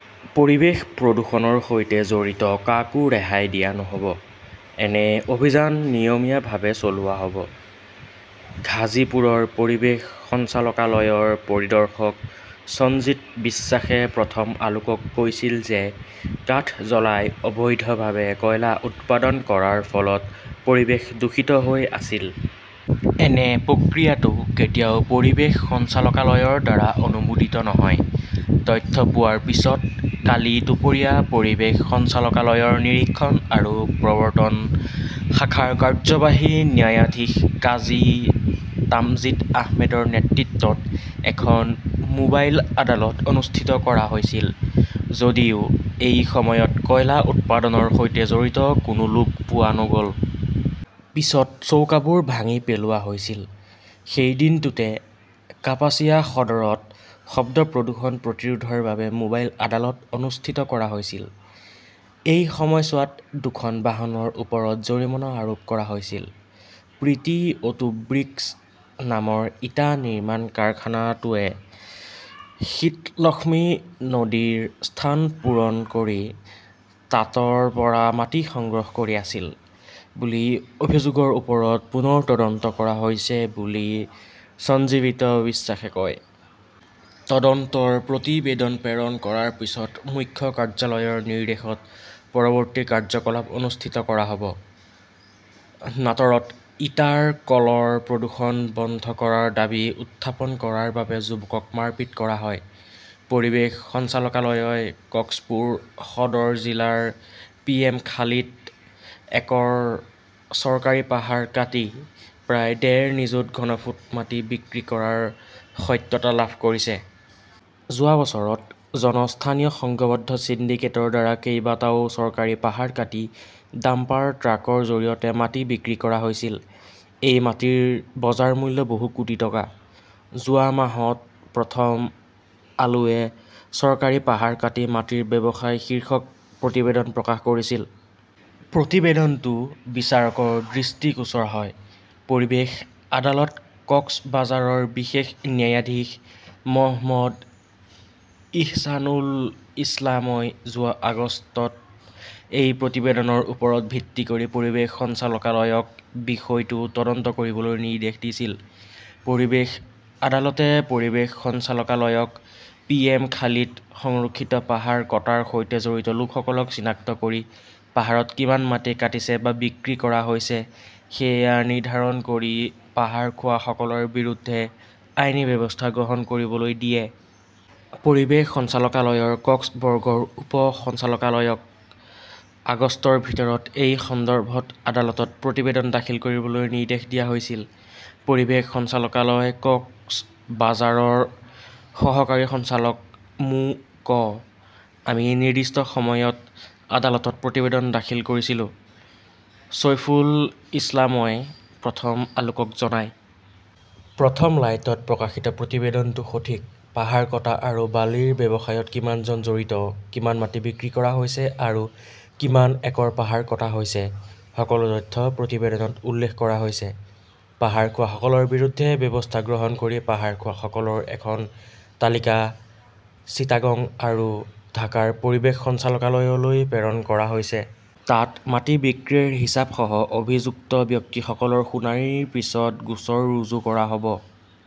পৰিৱেশ প্ৰদূষণৰ সৈতে জড়িত কাকো ৰেহাই দিয়া নহ'ব। এনে অভিযান নিয়মীয়াভাৱে চলোৱা হ'ব। ঘাজীপুৰৰ পৰিৱেশ সঞ্চালকালয়ৰ পৰিদৰ্শক সঞ্জিত বিশ্বাসে প্ৰথম আলোকক কৈছিল যে কাঠ জ্বলাই অবৈধভাৱে কয়লা উৎপাদন কৰাৰ ফলত পৰিৱেশ দূষিত হৈ আছিল। এনে প্ৰক্ৰিয়াটো কেতিয়াও পৰিৱেশ সঞ্চালকালয়ৰ দ্বাৰা অনুমোদিত নহয়। তথ্য পোৱাৰ পিছত কালি দুপৰীয়া পৰিৱেশ সঞ্চালকালয়ৰ নিৰীক্ষণ আৰু প্ৰবৰ্ত্তন শাখাৰ কাৰ্যবাহী ন্যায়াধীশ কাজী তামজিদ আহমেদৰ নেতৃত্বত এখন মোবাইল আদালত অনুষ্ঠিত কৰা হৈছিল; যদিও এই সময়ত কয়লা উৎপাদনৰ সৈতে জড়িত কোনো লোক পোৱা নগ'ল। পিছত চৌকাবোৰ ভাঙি পেলোৱা হৈছিল। সেই দিনটোতে কাপাসিয়া সদৰত শব্দ প্ৰদূষণ প্ৰতিৰোধৰ বাবে মোবাইল আদালত অনুষ্ঠিত কৰা হৈছিল। এই সময়ছোৱাত দুখন বাহনৰ ওপৰত জৰিমনা আৰোপ কৰা হৈছিল। প্ৰিটি অটো ব্ৰিকছ নামৰ ইটা নিৰ্মাণ কাৰখানাটোৱে শীতলক্ষ্মী নদীৰ স্থান পূৰণ কৰি তাতৰ পৰা মাটি সংগ্ৰহ কৰি আছিল বুলি অভিযোগৰ ওপৰত পুনৰ তদন্ত কৰা হৈছে বুলি সঞ্জীৱিত বিশ্বাসে কয়। তদন্তৰ প্ৰতিবেদন প্ৰেৰণ কৰাৰ পিছত মুখ্য কাৰ্যালয়ৰ নিৰ্দেশত পৰৱৰ্তী কাৰ্যকলাপ অনুষ্ঠিত কৰা হ'ব। নাটৰত ইটাৰ কলৰ প্ৰদূষণ বন্ধ কৰাৰ দাবী উত্থাপন কৰাৰ বাবে যুৱকক মাৰপিট কৰা হয় পৰিৱেশ সঞ্চালকালয়ই কক্সপুৰ সদৰ জিলাৰ পিএমখালীত একৰ চৰকাৰী পাহাৰ কাটি প্ৰায় ডেৰ নিযুত ঘনফুট মাটি বিক্ৰী কৰাৰ সত্যতা লাভ কৰিছে। যোৱা বছৰত জন স্থানীয় সংঘবদ্ধ সিন্ডিকেটৰ দ্বাৰা কেইবাটাও চৰকাৰী পাহাৰ কাটি ডাম্পাৰ ট্ৰাকৰ জৰিয়তে মাটি বিক্ৰী কৰা হৈছিল। এই মাটিৰ বজাৰ মূল্য বহু কোটি টকা। যোৱা মাহত প্ৰথম আলোৱে চৰকাৰী পাহাৰ কাটি মাটিৰ ব্যৱসায় শীৰ্ষক প্ৰতিবেদন প্ৰকাশ কৰিছিল। প্ৰতিবেদনটো বিচাৰকৰ দৃষ্টিগোচৰ হয়। পৰিৱেশ আদালত কক্সবাজাৰৰ বিশেষ ন্যায়াধীশ মহম্মদ ইহছানুল ইছলামই যোৱা আগষ্টত এই প্ৰতিবেদনৰ ওপৰত ভিত্তি কৰি পৰিৱেশ সঞ্চালকালয়ক বিষয়টো তদন্ত কৰিবলৈ নিৰ্দেশ দিছিল। পৰিৱেশ আদালতে পৰিৱেশ সঞ্চালকালয়ক পিএমখালীত সংৰক্ষিত পাহাৰ কটাৰ সৈতে জড়িত লোকসকলক চিনাক্ত কৰি পাহাৰত কিমান মাটি কাটিছে বা বিক্ৰী কৰা হৈছে সেয়া নিৰ্ধাৰণ কৰি পাহাৰ খোৱাসকলৰ বিৰুদ্ধে আইনী ব্যৱস্থা গ্ৰহণ কৰিবলৈ দিয়ে। পৰিৱেশ সঞ্চালকালয়ৰ কক্সবৰ্গৰ উপ সঞ্চালকালয়ক আগষ্টৰ ভিতৰত এই সন্দৰ্ভত আদালতত প্ৰতিবেদন দাখিল কৰিবলৈ নিৰ্দেশ দিয়া হৈছিল। পৰিৱেশ সঞ্চালকালয় কক্সবাজাৰৰ সহকাৰী সঞ্চালক মো.‌ক আমি নিৰ্দিষ্ট সময়ত আদালতত প্ৰতিবেদন দাখিল কৰিছিলো, চৈফুল ইছলামই প্ৰথম আলোকক জনায়। প্ৰথম লাইটত প্ৰকাশিত প্ৰতিবেদনটো সঠিক। পাহাৰ কটা আৰু বালিৰ ব্যৱসায়ত কিমানজন জড়িত, কিমান মাটি বিক্ৰী কৰা হৈছে আৰু কিমান একৰ পাহাৰ কটা হৈছে; সকলো তথ্য প্ৰতিবেদনত উল্লেখ কৰা হৈছে। পাহাৰ খোৱাসকলৰ বিৰুদ্ধে ব্যৱস্থা গ্ৰহণ কৰি পাহাৰ খোৱাসকলৰ এখন তালিকা চিটাগং আৰু ঢাকাৰ পৰিৱেশ সঞ্চালকালয়লৈ প্ৰেৰণ কৰা হৈছে। তাত মাটি বিক্ৰীৰ হিচাপ সহ অভিযুক্ত ব্যক্তিসকলৰ শুনানিৰ পিছত গোচৰ ৰুজু কৰা হ'ব।